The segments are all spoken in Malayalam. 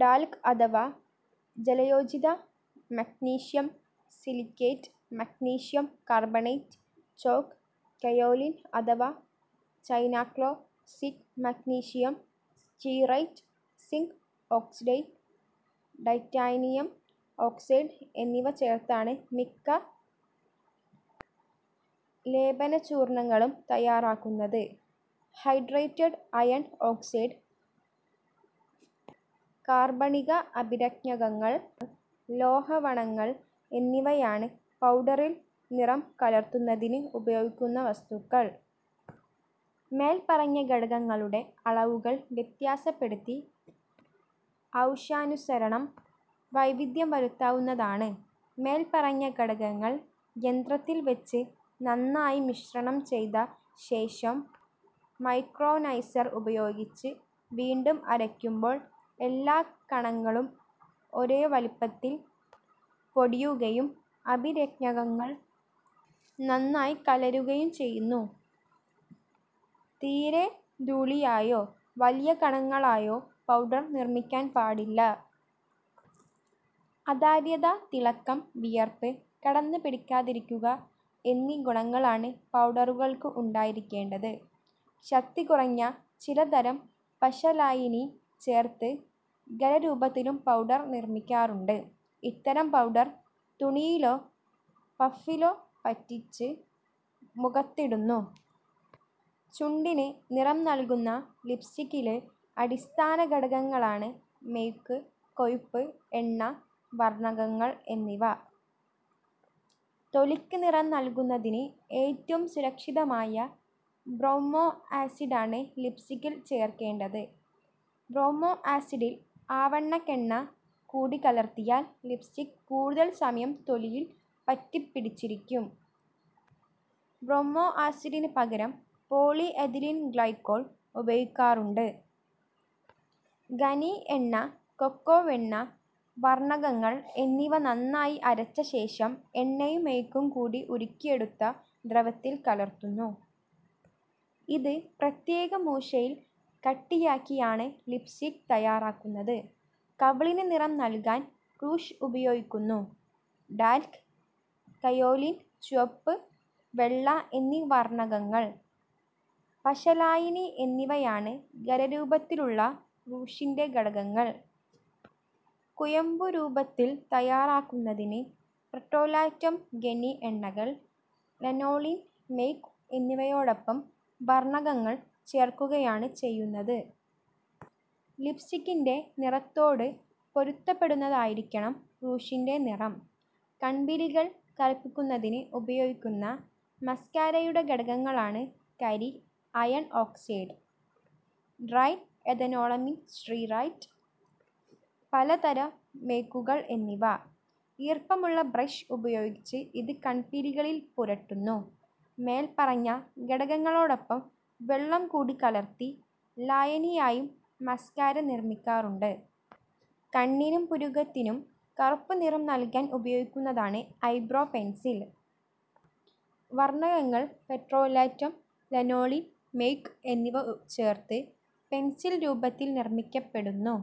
ടാൽക് അഥവാ ജലയോജിത magnesium silicate, magnesium carbonate, chalk, kaolin അഥവാ china clay, zinc magnesium stearate, zinc ഓക്ഡൈസ്, ടൈറ്റാനിയം ഓക്സൈഡ് എന്നിവ ചേർത്താണ് മിക്ക ലേപനചൂർണങ്ങളും തയ്യാറാക്കുന്നത്. ഹൈഡ്രേറ്റഡ് അയൺ ഓക്സൈഡ്, കാർബണിക അഭിരഞ്ജകങ്ങൾ, ലോഹലവണങ്ങൾ എന്നിവയാണ് പൗഡറിൽ നിറം കലർത്തുന്നതിന് ഉപയോഗിക്കുന്ന വസ്തുക്കൾ. മേൽപ്പറഞ്ഞ ഘടകങ്ങളുടെ അളവുകൾ വ്യത്യാസപ്പെടുത്തി ആവശ്യാനുസരണം വൈവിധ്യം വരുത്താവുന്നതാണ്. മേൽപ്പറഞ്ഞ ഘടകങ്ങൾ യന്ത്രത്തിൽ വച്ച് നന്നായി മിശ്രണം ചെയ്ത ശേഷം മൈക്രോനൈസർ ഉപയോഗിച്ച് വീണ്ടും അരയ്ക്കുമ്പോൾ എല്ലാ കണങ്ങളും ഒരേ വലിപ്പത്തിൽ പൊടിയുകയും അഭിരഞ്ജകങ്ങൾ നന്നായി കലരുകയും ചെയ്യുന്നു. തീരെ ധൂളിയായോ, വലിയ കണങ്ങളായോ പൗഡർ നിർമ്മിക്കാൻ പാടില്ല. അതാര്യത, തിളക്കം, വിയർപ്പ് കടന്നുപിടിക്കാതിരിക്കുക എന്നീ ഗുണങ്ങളാണ് പൗഡറുകൾക്ക് ഉണ്ടായിരിക്കേണ്ടത്. ശക്തി കുറഞ്ഞ ചിലതരം പശലായിനി ചേർത്ത് ഖരരൂപത്തിലും പൗഡർ നിർമ്മിക്കാറുണ്ട്. ഇത്തരം പൗഡർ തുണിയിലോ പഫിലോ പറ്റിച്ച് മുഖത്തിടുന്നു. ചുണ്ടിന് നിറം നൽകുന്ന ലിപ്സ്റ്റിക്കിലെ അടിസ്ഥാന ഘടകങ്ങളാണ് മെഴുക്, കൊഴുപ്പ്, എണ്ണ, വർണകങ്ങൾ എന്നിവ. തൊലിക്ക് നിറം നൽകുന്നതിന് ഏറ്റവും സുരക്ഷിതമായ ബ്രോമോ ആസിഡാണ് ലിപ്സ്റ്റിക്കിൽ ചേർക്കേണ്ടത്. ബ്രോമോ ആസിഡിൽ ആവണ്ണക്കെണ്ണ കൂടി കലർത്തിയാൽ ലിപ്സ്റ്റിക് കൂടുതൽ സമയം തൊലിയിൽ പറ്റിപ്പിടിച്ചിരിക്കും. ബ്രോമോ ആസിഡിന് പകരം പോളി എഥിലീൻ ഗ്ലൈക്കോൾ ഉപയോഗിക്കാറുണ്ട്. ഖനി എണ്ണ, കൊക്കോവെണ്ണ, വർണകങ്ങൾ എന്നിവ നന്നായി അരച്ച ശേഷം എണ്ണയും മെഴുകും കൂടി ഉരുക്കിയെടുത്ത ദ്രവത്തിൽ കലർത്തുന്നു. ഇത് പ്രത്യേക മൂശയിൽ കട്ടിയാക്കിയാണ് ലിപ്സ്റ്റിക് തയ്യാറാക്കുന്നത്. കവിളിന് നിറം നൽകാൻ റൂഷ് ഉപയോഗിക്കുന്നു. ടാൽക്, കയോലിൻ, ചുവപ്പ്, വെള്ള എന്നീ വർണകങ്ങൾ, പശലായിനി എന്നിവയാണ് ഖരരൂപത്തിലുള്ള റൂഷിൻ്റെ ഘടകങ്ങൾ. കുഴമ്പുരൂപത്തിൽ തയ്യാറാക്കുന്നതിന് പെട്രോലാറ്റം, ഖനി എണ്ണകൾ, ലനോളിൻ, മെഴുക് എന്നിവയോടൊപ്പം വർണകങ്ങൾ ചേർക്കുകയാണ് ചെയ്യുന്നത്. ലിപ്സ്റ്റിക്കിൻ്റെ നിറത്തോടു പൊരുത്തപ്പെടുന്നതായിരിക്കണം റൂഷിൻ്റെ നിറം. കൺപീലികൾ കറുപ്പിക്കുന്നതിന് ഉപയോഗിക്കുന്ന മസ്കാരയുടെ ഘടകങ്ങളാണ് കരി, അയൺ ഓക്സൈഡ്, ട്രൈഎഥനോളമീൻ സ്റ്റീറേറ്റ്, പലതരം മെഴുകുകൾ എന്നിവ. ഈർപ്പമുള്ള ബ്രഷ് ഉപയോഗിച്ച് ഇത് കൺപീലികളിൽ പുരട്ടുന്നു. മേൽപ്പറഞ്ഞ ഘടകങ്ങളോടൊപ്പം വെള്ളം കൂടി കലർത്തി ലായനിയായും മസ്കാറ നിർമ്മിക്കാറുണ്ട്. കണ്ണിനും പുരികത്തിനും കറുപ്പുനിറം നൽകാൻ ഉപയോഗിക്കുന്നതാണ് ഐബ്രോ പെൻസിൽ. വർണകങ്ങൾ, പെട്രോലാറ്റം, ലനോളിൻ, മെഴുക് എന്നിവ ചേർത്ത് പെൻസിൽ രൂപത്തിൽ നിർമ്മിക്കപ്പെടുന്നു.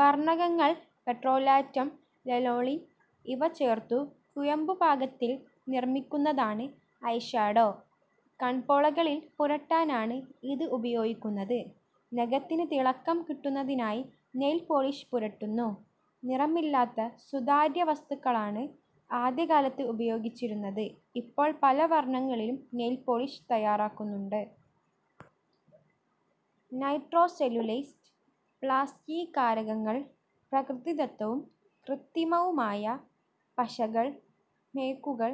വർണകങ്ങൾ, പെട്രോലാറ്റം, ലനോളിൻ ഇവ ചേർത്തു കുഴമ്പുപാകത്തിൽ നിർമ്മിക്കുന്നതാണ് ഐഷാഡോ. കൺപോളകളിൽ പുരട്ടാനാണ് ഇത് ഉപയോഗിക്കുന്നത്. നഖത്തിന് തിളക്കം കിട്ടുന്നതിനായി നെയിൽപോളിഷ് പുരട്ടുന്നു. നിറമില്ലാത്ത സുതാര്യ വസ്തുക്കളാണ് ആദ്യകാലത്ത് ഉപയോഗിച്ചിരുന്നത്. ഇപ്പോൾ പല വർണങ്ങളിലും നെയിൽപോളിഷ് തയ്യാറാക്കുന്നുണ്ട്. നൈട്രോസെല്ലുലോസ്, പ്ലാസ്റ്റീകാരകങ്ങൾ, പ്രകൃതിദത്തവും കൃത്രിമവുമായ പശകൾ, മെഴുകുകൾ,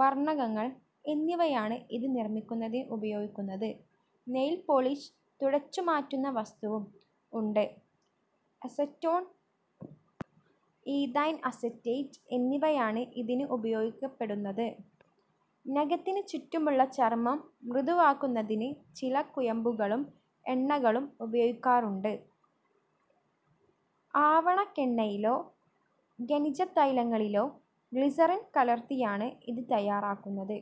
വർണകങ്ങൾ എന്നിവയാണ് ഇത് നിർമ്മിക്കുന്നതിന് ഉപയോഗിക്കുന്നത്. നെയിൽപോളിഷ് തുടച്ചുമാറ്റുന്ന വസ്തുവും ഉണ്ട്. അസറ്റോൺ, ഈഥൈൽ അസറ്റേറ്റ് എന്നിവയാണ് ഇതിന് ഉപയോഗിക്കപ്പെടുന്നത്. നഖത്തിന് ചുറ്റുമുള്ള ചർമം മൃദുവാക്കുന്നതിന് ചില കുഴമ്പുകളും എണ്ണകളും ഉപയോഗിക്കാറുണ്ട്. ആവണക്കെണ്ണയിലോ ഖനിജതൈലങ്ങളിലോ ഗ്ലിസറിൻ കലർത്തിയാണ് ഇത് തയ്യാറാക്കുന്നത്.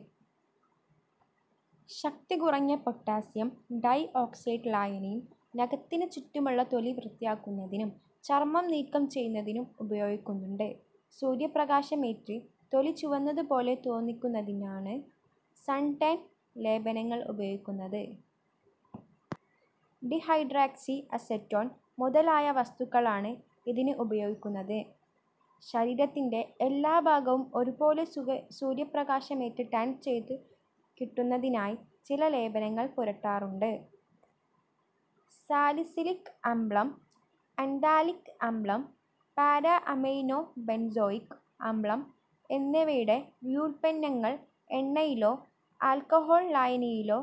ശക്തി കുറഞ്ഞ പൊട്ടാസ്യം ഡൈഓക്സൈഡ് ലായനിയും നഖത്തിന് ചുറ്റുമുള്ള തൊലി വൃത്തിയാക്കുന്നതിനും ചർമം നീക്കം ചെയ്യുന്നതിനും ഉപയോഗിക്കുന്നുണ്ട്. സൂര്യപ്രകാശമേറ്റ് തൊലി ചുവന്നതുപോലെ തോന്നിക്കുന്നതിനാണ് സൺടാൻ ലേപനങ്ങൾ ഉപയോഗിക്കുന്നത്. ഡിഹൈഡ്രോക്സി അസറ്റോൺ മുതലായ വസ്തുക്കളാണ് ഇതിന് ഉപയോഗിക്കുന്നത്. ശരീരത്തിൻ്റെ എല്ലാ ഭാഗവും ഒരുപോലെ സൂ സൂര്യപ്രകാശമേറ്റ് ടാൻ ചെയ്തു കിട്ടുന്നതിനായി ചില ലേപനങ്ങൾ പുരട്ടാറുണ്ട്. സാലിസിലിക് അമ്ലം, ആൻഥ്രാനലിക് അമ്ലം, പാരാ അമൈനോ ബെൻസോയിക് അമ്ലം എന്നിവയുടെ വ്യുൽപ്പന്നങ്ങൾ എണ്ണയിലോ ആൽക്കഹോൾ ലായനിയിലോ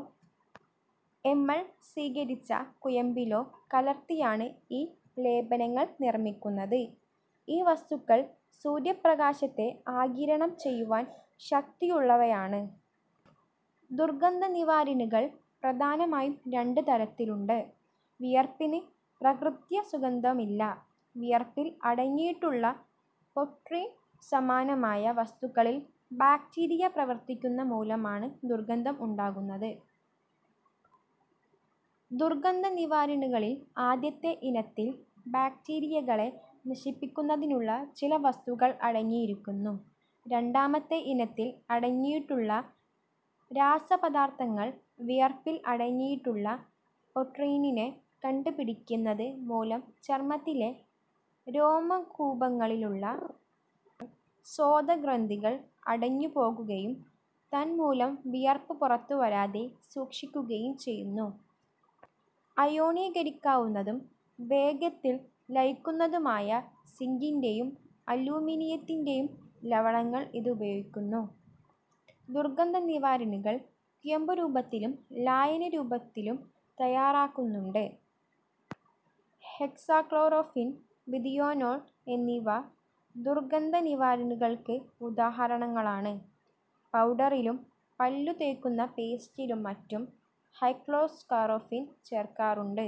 എമൾസീകരിച്ച കുഴമ്പിലോ കലർത്തിയാണ് ഈ ലേപനങ്ങൾ നിർമ്മിക്കുന്നത്. ഈ വസ്തുക്കൾ സൂര്യപ്രകാശത്തെ ആഗിരണം ചെയ്യുവാൻ ശക്തിയുള്ളവയാണ്. ദുർഗന്ധനിവാരിണികൾ പ്രധാനമായും രണ്ടു തരത്തിലുണ്ട്. വിയർപ്പിന് പ്രകൃത്യാ ദുർഗന്ധമില്ല. വിയർപ്പിൽ അടങ്ങിയിട്ടുള്ള പ്രോട്ടീൻ സമാനമായ വസ്തുക്കളിൽ ബാക്ടീരിയ പ്രവർത്തിക്കുന്ന മൂലമാണ് ദുർഗന്ധം ഉണ്ടാകുന്നത്. ദുർഗന്ധനിവാരിണികളിൽ ആദ്യത്തെ ഇനത്തിൽ ബാക്ടീരിയകളെ നശിപ്പിക്കുന്നതിനുള്ള ചില വസ്തുക്കൾ അടങ്ങിയിരിക്കുന്നു. രണ്ടാമത്തെ ഇനത്തിൽ അടങ്ങിയിട്ടുള്ള രാസപദാർത്ഥങ്ങൾ വിയർപ്പിൽ അടങ്ങിയിട്ടുള്ള പ്രൊട്ടീനിനെ കട്ടിപിടിപ്പിക്കുന്നത് മൂലം ചർമത്തിലെ രോമകൂപങ്ങളിലുള്ള സ്വേദഗ്രന്ഥികൾ അടഞ്ഞുപോകുകയും തൻമൂലം വിയർപ്പ് പുറത്തുവരാതെ സൂക്ഷിക്കുകയും ചെയ്യുന്നു. അയോണീകരിക്കാവുന്നതും വേഗത്തിൽ ലയിക്കുന്നതുമായ സിങ്കിൻ്റെയും അലുമിനിയത്തിൻ്റെയും ലവണങ്ങൾ ഇത് ഉപയോഗിക്കുന്നു. ദുർഗന്ധനിവാരിണികൾ കുഴമ്പുരൂപത്തിലും ലായനി രൂപത്തിലും തയ്യാറാക്കുന്നുണ്ട്. ഹെക്സാക്ലോറോഫീൻ, ബിഥിയോനോൾ എന്നിവ ദുർഗന്ധനിവാരിണികൾക്ക് ഉദാഹരണങ്ങളാണ്. പൗഡറിലും പല്ലുതേയ്ക്കുന്ന പേസ്റ്റിലും മറ്റും ഹെക്സാക്ലോറോഫീൻ ചേർക്കാറുണ്ട്.